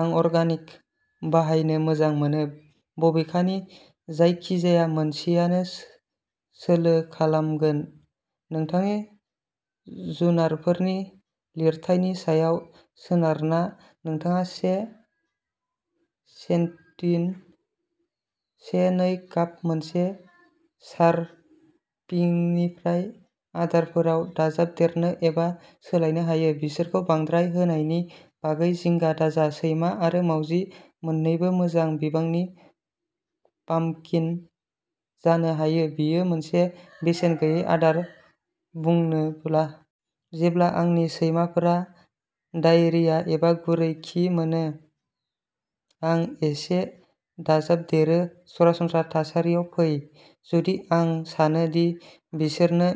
आं अर्गेनिक बाहायनो मोजां मोनो, बबेखानि जायखिजाया मोनसेआनो सोलो खालामगोन। नोंथांनि जुनारफोरनि लिरथायनि सायाव सोनारना नोंथाङा से टिस्पुन से नै काप मोनसे सारभिंनिफ्राय आदारफोराव दाजाबदेरनो एबा सोलायनो हायो। बिसोरखौ बांद्राय होनायनि बागै जिंगा दाजा, सैमा आरो मावजि मोननैबो मोजां बिबांनि पाम्पकिन जानो हायो, बेयो मोनसे बेसेन गैयै आदार बुंनोब्ला! जेब्ला आंनि सैमाफोरा डायेरिया एबा गुरै खि मोनो, आं एसे दाजाबदेरो। सरासनस्रा थासारियाव फै। जुदि आं सानो दि बिसोरनो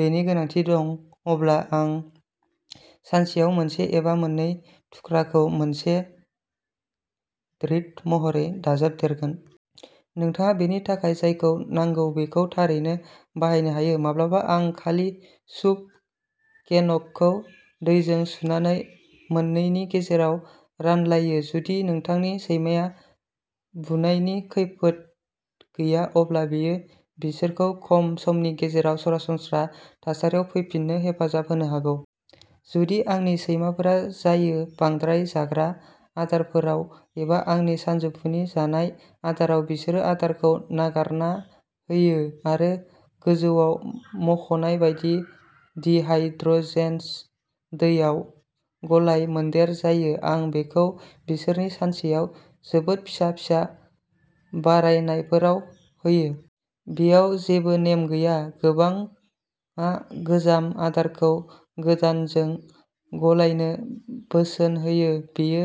बेनि गोनांथि दं, अब्ला आं सानसेयाव मोनसे एबा मोननै थुख्राखौ मोनसे ट्रिट महरै दाजाबदेरगोन। नोंथाङा बेनि थाखाय जायखौ नांगौ बेखौ थारैनो बाहायनो हायो, माब्लाबा आं खालि सुप केनखौ दैजों सुनानै मोननैनि गेजेराव रायज्लायो। जुदि नोंथांनि सैमाया बुनायनि खैफोद गैया, अब्ला बेयो बिसोरखौ खम समनि गेजेराव "सरासनस्रा थासारियाव फैफिननो" हेफाजाब होनो हागौ। जुदि आंनि सैमाफोरा जायो। बांद्राय जाग्रा आदारफोराव एबा आंनि सानजौफुनि जानाय आदाराव, बिसोर आदारखौ नागारना होयो आरो गोजौवाव मुंख'नाय बायदि डिहाइड्रेशन दै ाव गलाय-मोनदेर जायो। आं बेखौ बिसोरखौ सानसेयाव जोबोद फिसा-फिसा बारायनायफोराव होयो। बेयाव जेबो नेम गैया, गोबांआ गोजाम आदारखौ गोदानजों गलायनो बोसोन होयो, बेयो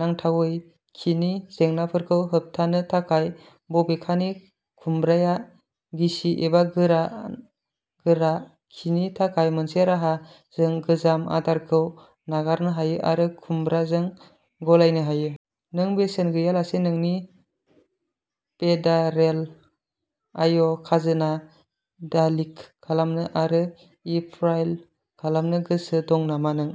नांथावै खिनि जेंनाफोरखौ होबथानो थाखाय। बबेखानि, खुमब्राया गिसि एबा गोरान गोरा खिनि थाखाय मोनसे राहा, नों गोजाम आदारखौ नागारनो हायो आरो खुमब्राजों गलायनो हायो! नों बेसेन गैयाजासे नोंनि फेडारेल आय खाजोना दाखिल खालामनो आरो इ-फाइल खालामनो गोसो दं नामा? नों